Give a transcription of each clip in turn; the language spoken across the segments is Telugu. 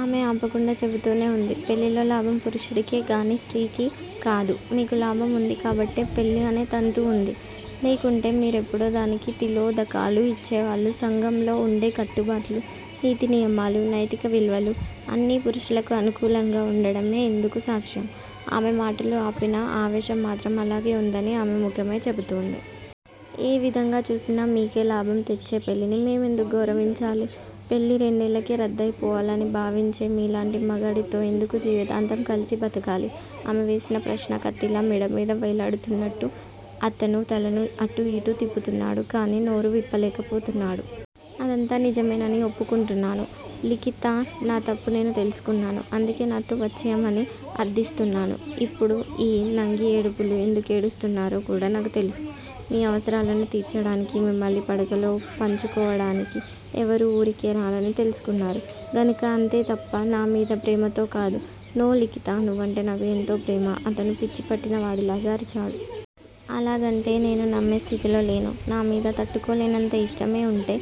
ఆమె ఆపకుండా చెబుతూనే వుంది పెళ్ళిలో లాభం పురుషుడికే గానీ స్త్రీకి కాదు. మీకు లాభం వుంది కాబట్టే పెళ్ళి అనే తంతు వుంది. లేకుంటే మీరెప్పుడో దానికి తిలోదకాలు ఇచ్చేవాళ్ళు సంఘంలో వుండే కట్టుబాట్లు, నీతి నియమాలు, నైతిక విలువలు- అన్నీ పురుషులకు అనుకూలంగా వుండడమే ఇందుకు సాక్ష్యం ఆమె మాటలు ఆపినా ఆవేశం మాత్రం అలాగే వుందని ఆమె ముఖమే చెబుతోంది. ఏ విధంగా చూసినా మీకే లాభం తెచ్చే పెళ్ళిని మేమెందుకు గౌరవించాలి? పెళ్ళి రెండేళ్ళకే రద్దయిపోవాలని భావించే మీలాంటి మగాడితో ఎందుకు జీవితాంతం కలిసి బతకాలి? ఆమె వేసిన ప్రశ్న కత్తిలా మెడమీద వేలాడుతున్నట్టు అతను తలను అటూ ఇటూ తిప్పుతున్నాడు గానీ నోరు విప్పలేకపోతున్నాడు. అదంతా నిజమేనని ఒప్పుకుంటున్నాను లిఖితా నా తప్పు నేను తెలుసుకున్నాను. అందుకే నాతో వచ్చెయ్యమని అర్దిస్తున్నాను ఇప్పుడు ఈ నంగి ఏడుపులు ఎందుకేడుస్తున్నారో కూడా నాకు తెలుసు. మీ అవసరాలను తీర్చడానికి మిమ్మల్ని పడకలో పంచుకోవడానికి ఎవరూ వూరికే రారని తెలుసుకున్నారు గనుక అంతే తప్ప నా మీద ప్రేమతో కాదు నో లిఖితా నువ్వంటే నాకు ఎంతో ప్రేమ అతను పిచ్చి పట్టిన వాడిలాగా అరిచాడు. అలాగంటే నేను నమ్మే స్థితిలో లేను. నామీద తట్టుకోలేనంత ఇష్టమే వుంటే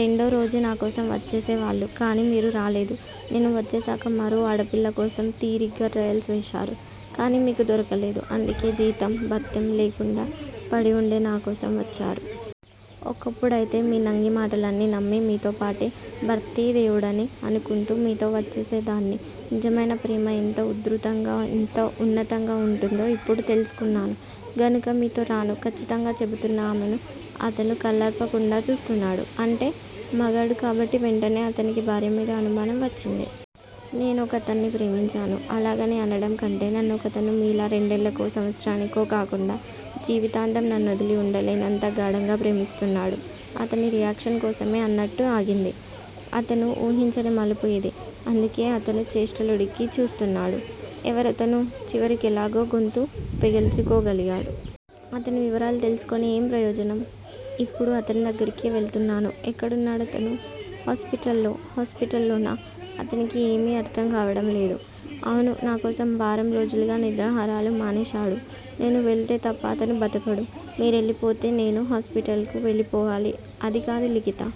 రెండోరోజే నా కోసం వచ్చేసే వాళ్ళు కానీ మీరు రాలేదు. నేను వచ్చేశాక మరో ఆడపిల్ల కోసం తీరిగ్గా ట్రయల్స్ వేశారు. కానీ మీకు దొరకలేదు. అందుకే జీతం, బత్తెం లేకుండా పడివుండే నా కోసం వచ్చారు. ఒకప్పుడైతే మీ నంగి మాటలన్నీ నమ్మి మీతోపాటే, భర్తే దేవుడని అనుకుంటూ మీతో వచ్చేసేదాన్ని. నిజమైన ప్రేమ ఎంత ఉధృతంగా, ఎంత ఉన్నతంగా వుంటుందో ఇప్పుడు తెలుసుకున్నాను గనుక మీతో రాను ఖచ్చితంగా చెబుతున్న ఆమెను అతను కళ్ళార్పకుండా చూస్తున్నాడు. అంటే? మగాడు కాబట్టి వెంటనే అతనికి భార్యమీద అనుమానం వచ్చింది. నేను ఒకతన్ని ప్రేమించాను. అలాగని అనడం కంటే నన్నొకతను మీలా రెండేళ్ళకో, సంవత్సరానికో కాకుండా జీవితాంతం నన్నొదిలి వుండలేనంత గాఢంగా ప్రేమిస్తున్నాడు అతని రియాక్షన్ కోసమే అన్నట్టు ఆగింది. అతను వూహించని మలుపు ఇది. అందుకే అతను చేష్టలుడిగి చూస్తున్నాడు. ఎవరతను? చివరికెలాగో గొంతు పెగల్చుకోగలిగాడు. అతని వివరాలు తెలుసుకొని ఏం ప్రయోజనం? ఇప్పుడు అతని దగ్గరికే వెళుతున్నాను ఎక్కడున్నాడతను? హాస్పిటల్ లో హాస్పిటల్ లోనా? అతనికి ఏమీ అర్ధం కావడం లేదు. అవును- నాకోసం వారం రోజులుగా నిద్రాహారాలు మానేశాడు. నేను వెళితే తప్ప అతను బతకడు. మీరెళ్ళిపోతే నేను హాస్పిటల్ కు వెళ్ళిపోవాలి అది కాదు లిఖితా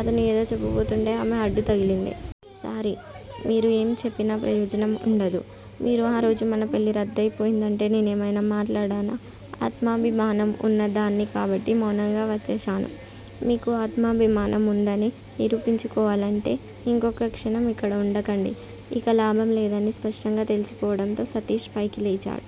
అతను ఏదో చెప్పబోతుంటే ఆమె అడ్డు తగిలింది. సారీ- మీరు ఏం చెప్పినా ప్రయోజనం వుండదు. మీరు ఆ రోజు మన పెళ్ళి రద్దయి పోయిందంటే నేనేమైనా మాట్లాడానా? ఆత్మాభిమానం వున్న దాన్ని కాబట్టి మౌనంగా వచ్చేశాను. మీకూ ఆత్మాభిమానం వుందని నిరూపించుకోవాలంటే ఇంకొక్క క్షణం ఇక్కడ వుండకండి ఇక లాభం లేదని స్పష్టంగా తెలిసిపోవడంతో సతీష్ పైకి లేచాడు.